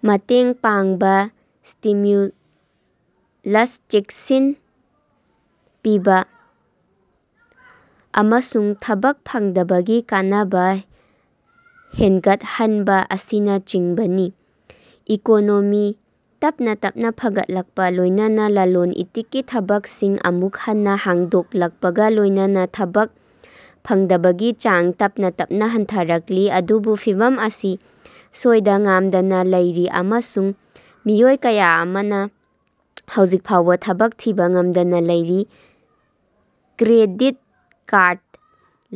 ꯃꯇꯦꯡ ꯄꯥꯡꯕ, ꯁ꯭ꯇꯤꯃ꯭ꯌꯨꯂꯁ ꯆꯦꯛꯁꯤꯡ ꯄꯤꯕ, ꯑꯃꯁꯨꯡ ꯊꯕꯛ ꯐꯪꯗꯕꯒꯤ ꯀꯥꯟꯅꯕ ꯍꯦꯟꯒꯠꯍꯟꯕ ꯑꯁꯤꯅꯆꯤꯡꯕꯅꯤ꯫ ꯏꯀꯣꯅꯣꯃꯤ ꯇꯞꯅꯥ ꯇꯞꯅꯥ ꯐꯒꯠꯂꯛꯄ ꯂꯣꯏꯅꯅꯥ ꯂꯂꯣꯟ-ꯏꯇꯤꯛꯀꯤ ꯊꯕꯛꯁꯤꯡ ꯑꯃꯨꯛ ꯍꯟꯅ ꯍꯥꯡꯗꯣꯛꯂꯛꯄꯒ ꯂꯣꯏꯅꯅꯥ ꯊꯕꯛ ꯐꯪꯗꯕꯒꯤ ꯆꯥꯡ ꯇꯞꯅꯥ ꯇꯞꯅꯥ ꯍꯟꯊꯔꯛꯂꯤ, ꯑꯗꯨꯕꯨ ꯐꯤꯚꯝ ꯑꯁꯤ ꯁꯣꯏꯗ-ꯉꯥꯝꯗꯅꯥ ꯂꯩꯔꯤ ꯑꯃꯁꯨꯡ ꯃꯤꯑꯣꯏ ꯀꯌꯥ ꯑꯃꯅ ꯍꯧꯖꯤꯛ ꯐꯥꯎꯕ ꯊꯕꯛ ꯊꯤꯕ ꯉꯝꯗꯅ ꯂꯩꯔꯤ꯫ ꯀ꯭ꯔꯦꯗꯤꯠ ꯀꯥꯔꯗ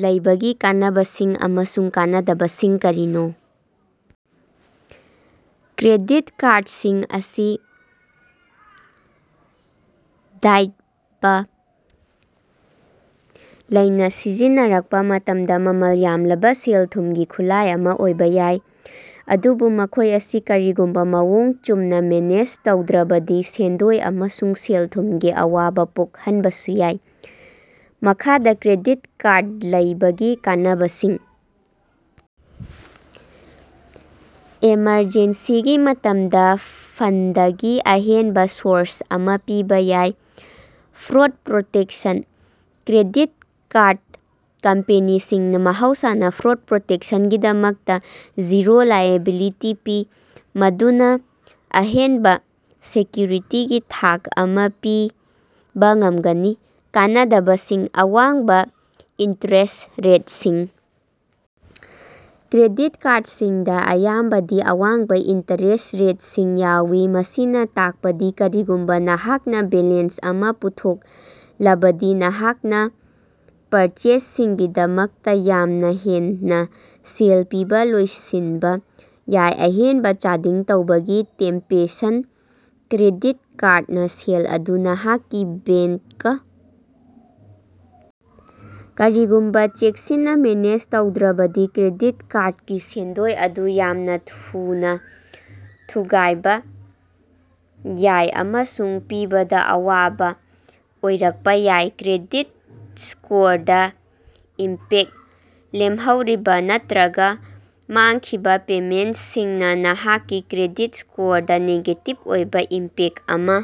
ꯂꯩꯕꯒꯤ ꯀꯥꯟꯅꯕꯁꯤꯡ ꯑꯃꯁꯨꯡ ꯀꯥꯟꯅꯗꯕꯁꯤꯡ ꯀꯔꯤꯅꯣ? ꯀ꯭ꯔꯦꯗꯤꯠ ꯀꯥꯔꯗꯁꯤꯡ ꯑꯁꯤ ꯗꯥꯏꯠꯕ ꯂꯩꯅ ꯁꯤꯖꯤꯟꯅꯔꯛꯄ ꯃꯇꯝꯗ ꯃꯃꯜ ꯌꯥꯝꯂꯕ ꯁꯦꯜ-ꯊꯨꯝꯒꯤ ꯈꯨꯠꯂꯥꯏ ꯑꯃ ꯑꯣꯏꯕ ꯌꯥꯏ, ꯑꯗꯨꯕꯨ ꯃꯈꯣꯏ ꯑꯁꯤ ꯀꯔꯤꯒꯨꯝꯕ ꯃꯑꯣꯡ ꯆꯨꯝꯅ ꯃꯦꯅꯦꯖ ꯇꯧꯗ꯭ꯔꯕꯗꯤ ꯁꯦꯟꯗꯣꯏ ꯑꯃꯁꯨꯡ ꯁꯦꯜ-ꯊꯨꯝꯒꯤ ꯑꯋꯥꯕ ꯊꯣꯛꯍꯟꯕꯁꯨ ꯌꯥꯏ꯫ ꯃꯈꯥꯗ ꯀ꯭ꯔꯦꯗꯤꯠ ꯀꯥꯔꯗ ꯂꯩꯕꯒꯤ ꯀꯥꯟꯅꯕꯁꯤꯡ ꯑꯦꯃꯔꯖꯦꯟꯁꯤꯒꯤ ꯃꯇꯝꯗ ꯐꯟꯗꯒꯤ ꯑꯍꯦꯟꯕ ꯁꯣꯔꯁ ꯑꯃ ꯄꯤꯕ ꯌꯥꯏ꯫ ꯐ꯭ꯔꯣꯗ ꯄ꯭ꯔꯣꯇꯦꯛꯁꯟ - ꯀ꯭ꯔꯦꯗꯤꯠ ꯀꯥꯔꯗ ꯀꯝꯄꯅꯤꯁꯤꯡꯅ ꯃꯍꯧꯁꯥꯅ ꯐ꯭ꯔꯣꯗ ꯄꯔꯆꯦꯖꯁꯤꯡꯒꯤꯗꯃꯛꯇ ꯖꯤꯔꯣ ꯂꯥꯏꯑꯦꯕꯤꯂꯤꯇꯤ ꯄꯤ, ꯃꯗꯨꯅ ꯑꯍꯦꯟꯕ ꯁꯦꯀ꯭ꯌꯨꯔꯤꯇꯤꯒꯤ ꯊꯥꯛ ꯑꯃ ꯄꯤꯕ ꯉꯝꯒꯅꯤ꯫ ꯀꯥꯟꯅꯗꯕꯁꯤꯡ - ꯑꯋꯥꯡꯕ ꯏꯟꯇꯔꯦꯁ꯭ꯠ ꯔꯦꯠꯁꯤꯡ - ꯀ꯭ꯔꯦꯗꯤꯠ ꯀꯥꯔꯗꯁꯤꯡꯗ ꯑꯌꯥꯝꯕꯗꯤ ꯑꯋꯥꯡꯕ ꯏꯟꯇꯔꯦꯁ꯭ꯠ ꯔꯦꯠꯁꯤꯡ ꯌꯥꯎꯏ, ꯃꯁꯤꯅ ꯇꯥꯛꯄꯗꯤ ꯀꯔꯤꯒꯨꯝꯕ ꯅꯍꯥꯛꯅ ꯕꯦꯂꯦꯟꯁ ꯑꯃ ꯄꯨꯊꯣꯛꯂꯕꯗꯤ ꯅꯍꯥꯛꯅ ꯄꯔꯆꯦꯖꯁꯤꯡꯒꯤꯗꯃꯛꯇ ꯌꯥꯝꯅ ꯍꯦꯟꯅ ꯁꯦꯜ ꯄꯤꯕ ꯂꯣꯏꯁꯤꯟꯕ ꯌꯥꯏ꯫ ꯑꯍꯦꯟꯕ ꯆꯥꯗꯤꯡ ꯇꯧꯕꯒꯤ ꯇꯦꯝꯄꯦꯁꯟ - ꯀ꯭ꯔꯦꯗꯤꯠ ꯀꯥꯔꯗꯅꯥ ꯁꯦꯜ ꯑꯗꯨ ꯅꯍꯥꯛꯀꯤ ꯕꯦ꯭ꯡꯀ - ꯀꯔꯤꯒꯨꯝꯕ ꯆꯦꯛꯁꯤꯟꯅ ꯃꯦꯅꯦꯖ ꯇꯧꯗ꯭ꯔꯕꯗꯤ, ꯀ꯭ꯔꯦꯗꯤꯠ ꯀꯥꯔꯗꯀꯤ ꯁꯦꯟꯗꯣꯏ ꯑꯗꯨ ꯌꯥꯝꯅ ꯊꯨꯅ ꯊꯨꯒꯥꯏꯕ ꯌꯥꯏ ꯑꯃꯁꯨꯡ ꯄꯤꯕꯗ ꯑꯋꯥꯕ ꯑꯣꯏꯔꯛꯄ ꯌꯥꯏ꯫ ꯀ꯭ꯔꯦꯗꯤꯠ ꯁ꯭ꯀꯣꯔꯗꯥ ꯏꯝꯄꯦꯛꯇ - ꯂꯦꯝꯍꯧꯔꯤꯕ ꯅꯠꯇꯔꯒ ꯃꯥꯡꯈꯤꯕ ꯄꯦꯃꯦꯟꯇꯁꯤꯡꯅ ꯅꯍꯥꯛꯀꯤ ꯀ꯭ꯔꯦꯗꯤꯠ ꯁ꯭ꯀꯣꯔꯗꯥ ꯅꯦꯒꯦꯇꯤꯚ ꯑꯣꯏꯕ ꯏꯝꯄꯦꯛꯇ ꯑꯃ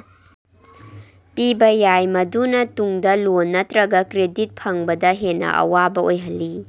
ꯄꯤꯕ ꯌꯥꯏ, ꯃꯗꯨꯅ ꯇꯨꯡꯗ ꯂꯣꯟ ꯅꯠꯇꯔꯒ ꯀ꯭ꯔꯦꯗꯤꯠ ꯐꯪꯕꯗꯥ ꯍꯦꯟꯅ ꯑꯋꯥꯕ ꯑꯣꯏꯍꯜꯂꯤ꯫